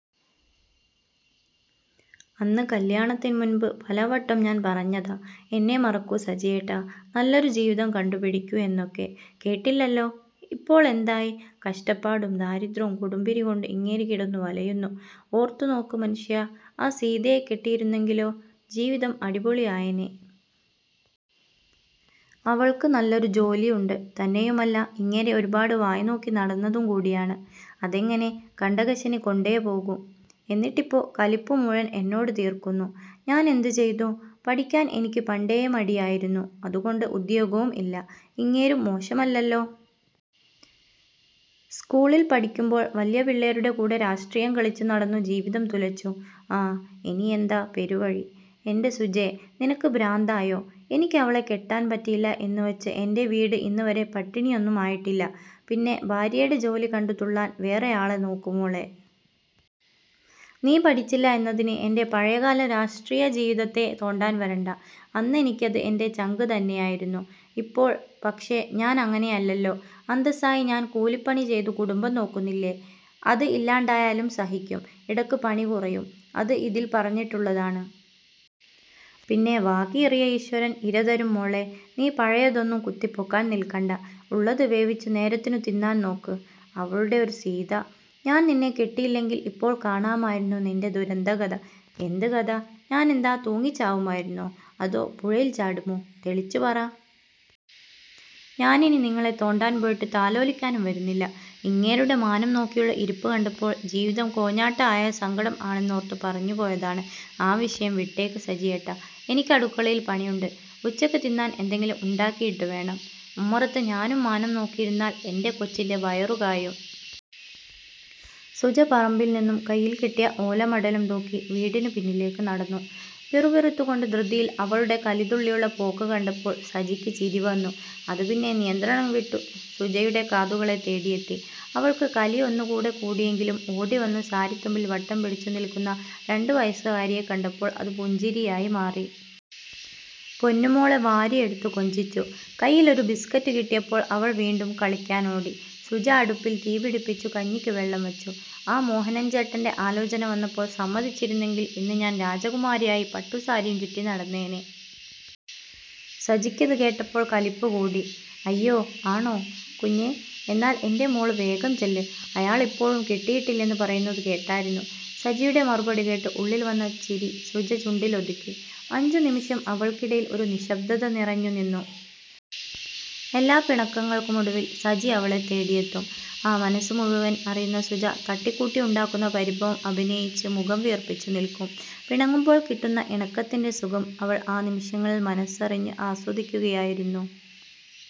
അന്ന് കല്യാണത്തിന് മുൻപ് പലവട്ടം ഞാൻ പറഞ്ഞതാ എന്നെ മറക്കു സജിയേട്ടാ, നല്ലൊരു ജീവിതം കണ്ടു പിടിക്കൂ എന്നൊക്കെ, കേട്ടില്ലല്ലോ. ഇപ്പോൾ എന്തായി കഷ്ടപ്പാടും ദാരിദ്ര്യോം കൊടുംപിരി കൊണ്ട് ഇങ്ങേര് കിടന്നു വലയുന്നു. ഓർത്തു നോക്ക്, മനുഷ്യാ, ആ സീതയെ കെട്ടിയിരുന്നെങ്കിലോ ജീവിതം അടിപൊളി ആയേനെ. അവൾക്ക് നല്ലൊരു ജോലി ഉണ്ട് തന്നെയുമല്ല ഇങ്ങേരെ ഒരുപാട് വായ് നോക്കി നടന്നതും കൂടിയാണ്. അതെങ്ങനെ കണ്ടക ശനി കൊണ്ടേ പോകൂ. എന്നിട്ടിപ്പോ കലിപ്പ് മുഴുവൻ എന്നോട് തീർക്കുന്നു. ഞാൻ എന്ത് ചെയ്തു പഠിക്കാൻ എനിക്ക് പണ്ടേ മടിയായിരുന്നു. അത് കൊണ്ട് ഉദ്യോഗവും ഇല്ല. ഇങ്ങേരും മോശം അല്ലല്ലോ. സ്കൂളിൽ പഠിക്കുമ്പോൾ വല്ല്യ പിള്ളേരുടെ കൂടെ രാഷ്ട്രീയം കളിച്ചു നടന്നു ജീവിതം തുലച്ചു ആഹ്. ഇനി എന്താ പെരുവഴി. എന്റെ സുജേ, നിനക്ക് ഭ്രാന്തായോ, എനിക്ക് അവളെ കെട്ടാൻ പറ്റിയില്ല എന്ന് വച്ചു എന്റെ വീട് ഇന്ന് വരെ പട്ടിണി ഒന്നും ആയിട്ടില്ല. പിന്നെ ഭാര്യേടെ ജോലി കണ്ടു തുള്ളാൻ വേറെ ആളെ നോക്ക് മോളെ. നീ പഠിച്ചില്ല എന്നതിന് എന്റെ പഴയ കാല രാഷ്ട്രീയ ജീവിതത്തെ തോണ്ടാൻ വരണ്ട. അന്ന് എനിക്കത് എന്റെ ചങ്ക്തന്നെയായിരുന്നു. ഇപ്പോൾ പക്ഷേ ഞാൻ അങ്ങനെയല്ലല്ലോ. അന്തസ്സായി ഞാൻ കൂലി പണി ചെയ്തു കുടുംബം നോക്കുന്നില്ലേ. അത് ഇല്ലാണ്ടായാലും സഹിക്കും. ഇടക്ക് പണി കുറയും. അത് ഇതിൽ പറഞ്ഞിട്ടുള്ളതാണ്. പിന്നെ വാ കീറിയ ഈശ്വരൻ ഇര തരും മോളെ. നീ പഴയതൊന്നും കുത്തി പൊക്കാൻ നിൽക്കണ്ട. ഉള്ളത് വേവിച്ചു നേരത്തിനു തിന്നാൻ നോക്ക്. അവളുടെ ഒരു സീത, ഞാൻ നിന്നെ കെട്ടിയില്ലെങ്കിൽ ഇപ്പോൾ കാണാമായിരുന്നു നിന്റെ ദുരന്ത കഥ. എന്ത് കഥ, ഞാൻ എന്താ തൂങ്ങി ചാവുമായിരുന്നോ അതോ പുഴയിൽ ചാടുമോ, തെളിച്ചു പറ. ഞാൻ ഇനി നിങ്ങളെ തോണ്ടാൻ പോയിട്ട് താലോലിക്കാനും വരുന്നില്ല, ഇങ്ങേരുടെ മാനം നോക്കിയുള്ള ഇരിപ്പ് കണ്ടപ്പോൾ ജീവിതം കോഞ്ഞാട്ട ആയ സങ്കടം ആണെന്നോർത്തു പറഞ്ഞു പോയതാണ്. ആ വിഷയം വിട്ടേക്ക് സജിയേട്ടാ. എനിക്ക് അടുക്കളയിൽ പണിയുണ്ട്. ഉച്ചക്ക് തിന്നാൻ എന്തെങ്കിലും ഉണ്ടാക്കിയിട്ട് വേണം. ഉമ്മറത്ത് ഞാനും മാനം നോക്കിയിരുന്നാൽ എന്റെ കൊച്ചിന്റെ വയറു കായും. സുജ പറമ്പിൽ നിന്നും കൈയിൽ കിട്ടിയ ഓല മടലും തൂക്കി വീടിനു പിന്നിലേക്ക് നടന്നു. പിറുപിറുത്തു കൊണ്ട് ധൃതിയിൽ അവളുടെ കലി തുള്ളിയുള്ള പോക്ക് കണ്ടപ്പോൾ സജിക്ക് ചിരി വന്നു. അത് പിന്നെ നിയന്ത്രണം വിട്ടു സുജയുടെ കാതുകളെ തേടിയെത്തി. അവൾക്ക് കലി ഒന്ന് കൂടെ കൂടിയെങ്കിലും ഓടി വന്ന് സാരിത്തുമ്പിൽ വട്ടം പിടിച്ചു നിൽക്കുന്ന രണ്ടു വയസുകാരിയെ കണ്ടപ്പോൾ അത് പുഞ്ചിരിയായി മാറി. പൊന്നു മോളെ വാരിയെടുത്തു കൊഞ്ചിച്ചു. കൈയിൽ ഒരു ബിസ്കറ്റ് കിട്ടിയപ്പോൾ അവൾ വീണ്ടും കളിക്കാൻ ഓടി. സുജ അടുപ്പിൽ തീ പിടിപ്പിച്ചു കഞ്ഞിക്കു വെള്ളം വച്ചു .ആ മോഹനൻ ചേട്ടന്റെ ആലോചന വന്നപ്പോൾ സമ്മതിച്ചിരുന്നെങ്കിൽ ഇന്ന് ഞാൻ രാജകുമാരി ആയി പട്ടു സാരിയും ചുറ്റി നടന്നേനെ. സജിക്ക് ഇത് കേട്ടപ്പോൾ കലിപ്പ് കൂടി. അയ്യോ, ആണൊ കുഞ്ഞേ, എന്നാൽ എന്റെ മോള് വേഗം ചെല്ല്, അയാൾ ഇപ്പോഴും കെട്ടിയിട്ടില്ലെന്നു പറയുന്നത് കേട്ടാരുന്നു. സജിയുടെ മറുപടി കേട്ട് ഉള്ളിൽ വന്ന ചിരി സുജ ചുണ്ടിൽ ഒതുക്കി. അഞ്ചു നിമിഷം അവർക്കിടയിൽ ഒരു നിശബ്ദത നിറഞ്ഞു നിന്നു. എല്ലാ പിണക്കങ്ങൾക്കും ഒടുവിൽ സജി അവളെ തേടിയെത്തും. ആ മനസ് മുഴുവൻ അറിയുന്ന സുജ തട്ടിക്കൂട്ടി ഉണ്ടാക്കുന്ന പരിഭവം അഭിനയിച്ചു മുഖം വീർപ്പിച്ചു നിൽക്കും. പിണങ്ങുമ്പോൾ കിട്ടുന്ന ഇണക്കത്തിന്റെ സുഖം അവൾ ആ നിമിഷങ്ങളിൽ മനസ്സറിഞ്ഞു ആസ്വദിക്കുകയായിരുന്നു.